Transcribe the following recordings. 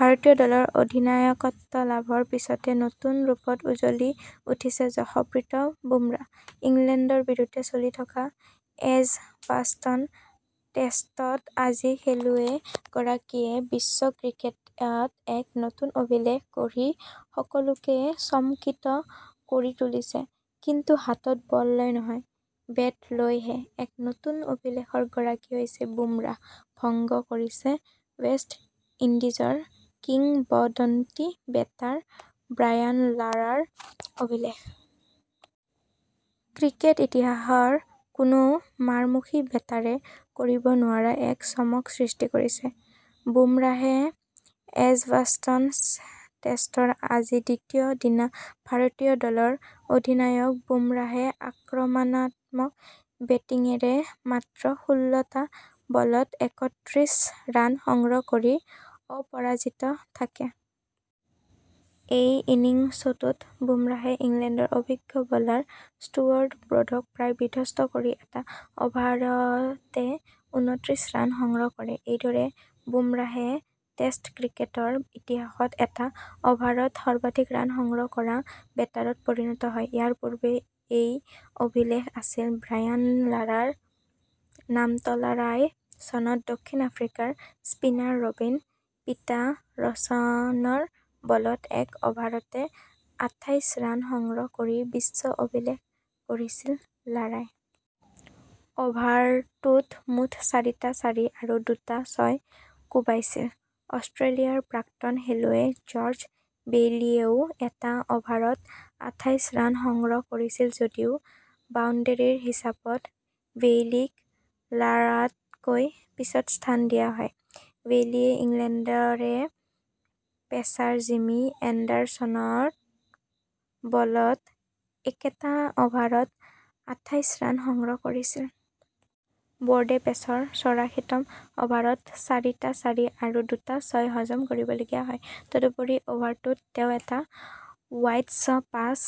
ভাৰতীয় দলৰ অধিনায়কত্ব লাভৰ পিছতে নতুন ৰূপত উজ্বলি উঠিছে যশপ্ৰীত বুমৰাহ । ইংলেণ্ডৰ বিৰুদ্ধে চলি থকা এজবাষ্টন টেষ্টত আজি খেলুৱৈ গৰাকীয়ে বিশ্ব ক্ৰিকেটত এক নতুন অভিলেখ গঢ়ি সকলোকে চমকিত কৰি তুলিছে কিন্তু হাতত বল লৈ নহয় বেট লৈহে এক নতুন অভিলেখৰ গৰাকী হৈছে বুমৰাহ ,ভংগ কৰিছে ৱেষ্ট ইণ্ডিজৰ কিংবদন্তী বেটাৰ ব্ৰায়ান লাৰাৰ অভিলেখ । ক্ৰিকেট ইতিহাসৰ কোনো মাৰমুখী বেটাৰে কৰিব নোৱাৰা এক চমক সৃষ্টি কৰিছে বুমৰাহে। এজবাষ্টন টেষ্টৰ আজি দ্বিতীয় দিনা ভাৰতীয় দলৰ অধিনায়ক বুমৰাহে আক্ৰমণাত্মক বেটিঙেৰে মাত্ৰ ষোল্ল টা বলত একত্ৰিশ ৰান সংগ্ৰহ কৰি অপৰাজিত থাকে । এই ইনিংছতোটোত বুমৰাহে ইংলেণ্ডৰ অভিজ্ঞ বলাৰ ষ্টুৱাৰ্ট ব্ৰডক প্ৰায় বিধ্বস্ত কৰি এটা অভাৰতে ঊনত্ৰিশ ৰাণ সংগ্ৰহ কৰে ।এইদৰে বুমৰাহে টেষ্ট ক্ৰিকেটৰ ইতিহাসত এটা অভাৰত সৰ্বাধিক ৰান সংগ্ৰহ কৰা বেটাৰত পৰিণত হয় । ইয়াৰ পূৰ্বে এই অভিলেখ আছিল ব্ৰায়ান লাৰাৰ নামতলাৰাই চনত দক্ষিণ আফ্ৰিকাৰ স্পিনাৰ ৰবীন পিটাৰচনৰ বলত এক অভাৰতে আঁঠাইশ ৰান সংগ্ৰহ কৰি বিশ্ব অভিলেখ গঢ়িছিল ।লাৰাই অভাৰটোত মুঠ চাৰিটা চাৰি আৰু দুটা ছয় কোবাইছিল । অষ্ট্ৰেলিয়াৰ প্ৰাক্তন খেলুৱৈ জৰ্জ বেইলীয়েও এটা অভাৰত আঁঠাইশ ৰান সংগ্ৰহ কৰিছিল যদিও বাউণ্ডেৰীৰ হিচাপত বেইলীক লাৰাতকৈ পিছত স্থান দিয়া হয়। বেইলীয়ে ইংলেণ্ডৰে পেচাৰ জিমি এণ্ডাৰছনৰ বলত একেটা অভাৰত আঁঠাইশ ৰান সংগ্ৰহ কৰিছিল। ব্ৰডে মেচৰ চৌৰাশী তম অভাৰত চাৰিটা চাৰি আৰু দুটা ছয় হজম কৰিবলগীয়া হয়। তদুপৰি অভাৰটোত তেওঁ এটা ৱাইডচ পাঁচ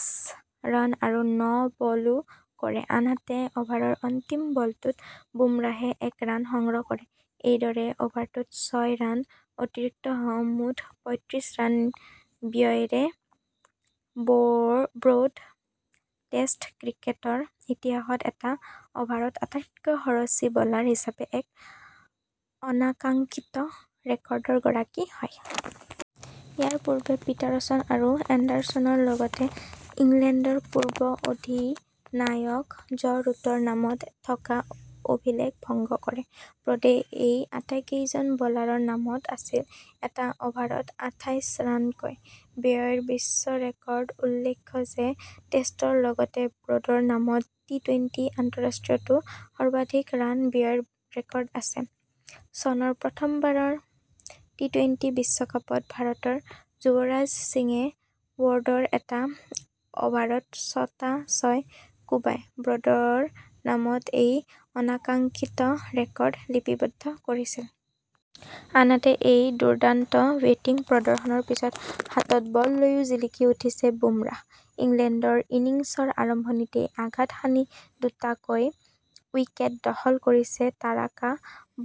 ৰান আৰু ন'বলো কৰে ।আনহাতে অভাৰৰ অন্তিম বলটোত বুমৰাহে এক ৰান সংগ্ৰহ কৰেএইদৰে অভাৰটোত ছয় ৰান অতিৰিক্তসহ মুঠ পয়ত্ৰিছ ৰান ব্যয়েৰে ব্ৰড টেষ্ট ক্ৰিকেটৰ ইতিহাসত এটা অভাৰত আটাইতকৈ খৰচী বলাৰ হিচাপে এক অনাকাংক্ষিত ৰেকৰ্ডৰ গৰাকী হয় । ইয়াৰ পূৰ্বে পিটাৰচন আৰু এণ্ডাৰছনৰ লগতে ইংলেণ্ডৰ পূৰ্ব অধিনায়ক জ ৰুটৰ নামত থকা অভিলেখ ভংগ কৰে। ব্ৰডে এই আটাইকেইজন বলাৰৰ নামত আছিল এটা অভাৰত আঁঠাইশ ৰানকৈ ব্যয়ৰ বিশ্ব ৰেকৰ্ডউল্লেখ্য যে টেষ্টৰ লগতে ব্ৰডৰ নামত টি টুৱেন্টি আন্ত:ৰাষ্টীয়তো সৰ্বাধিক ৰান ব্যয়ৰ ৰেকৰ্ড আছে l চনৰ প্ৰথমবাৰৰ টি টুৱেন্টি বিশ্বকাপত ভাৰতৰ যুৱৰাজ সিঙে ব্ৰডৰ এটা অভাৰত ছটা ছয় কোবাই ব্ৰডৰ নামত এই অনাকাংক্ষিত ৰেকৰ্ড লিপিবদ্ধ কৰিছিল । আনহাতে এই দুৰ্দান্ত বেটিং প্ৰদৰ্শনৰ পিছত হাতত বল লৈও জিলিকি উঠিছে বুমৰাহ । ইংলেণ্ডৰ ইনিংছৰ আৰম্ভণিতেই আঘাত সানি দুটাকৈ উইকেট দখল কৰিছে তাৰকা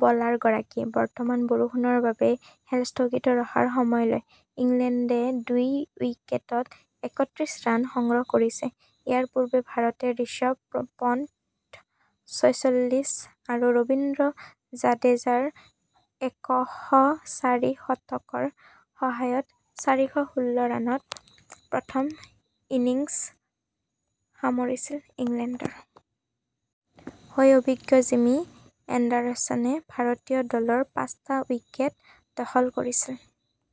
বলাৰগৰাকীয়ে ।বৰ্তমান বৰষুণৰ বাবে খেল স্থগিত ৰখাৰ সময়লৈ ইংলেণ্ডে দুই উইকেটত একত্ৰিছ ৰান সংগ্ৰহ কৰিছে, ইয়াৰ পূৰ্বে ভাৰতে ঋষভ পন্ত ছয়চল্লিছ আৰু ৰবীন্দ্ৰ জাদেজাৰ একশ চাৰি শতকৰ সহায়ত চাৰিশ ষোল্ল ৰাণত প্ৰথম ইনিংছ সামৰিছিল। ইংলেণ্ডৰ হৈ অভিজ্ঞ জিমি এণ্ডাৰছনে ভাৰতীয় দলৰ পাচঁটা উইকেট দখল কৰিছিল।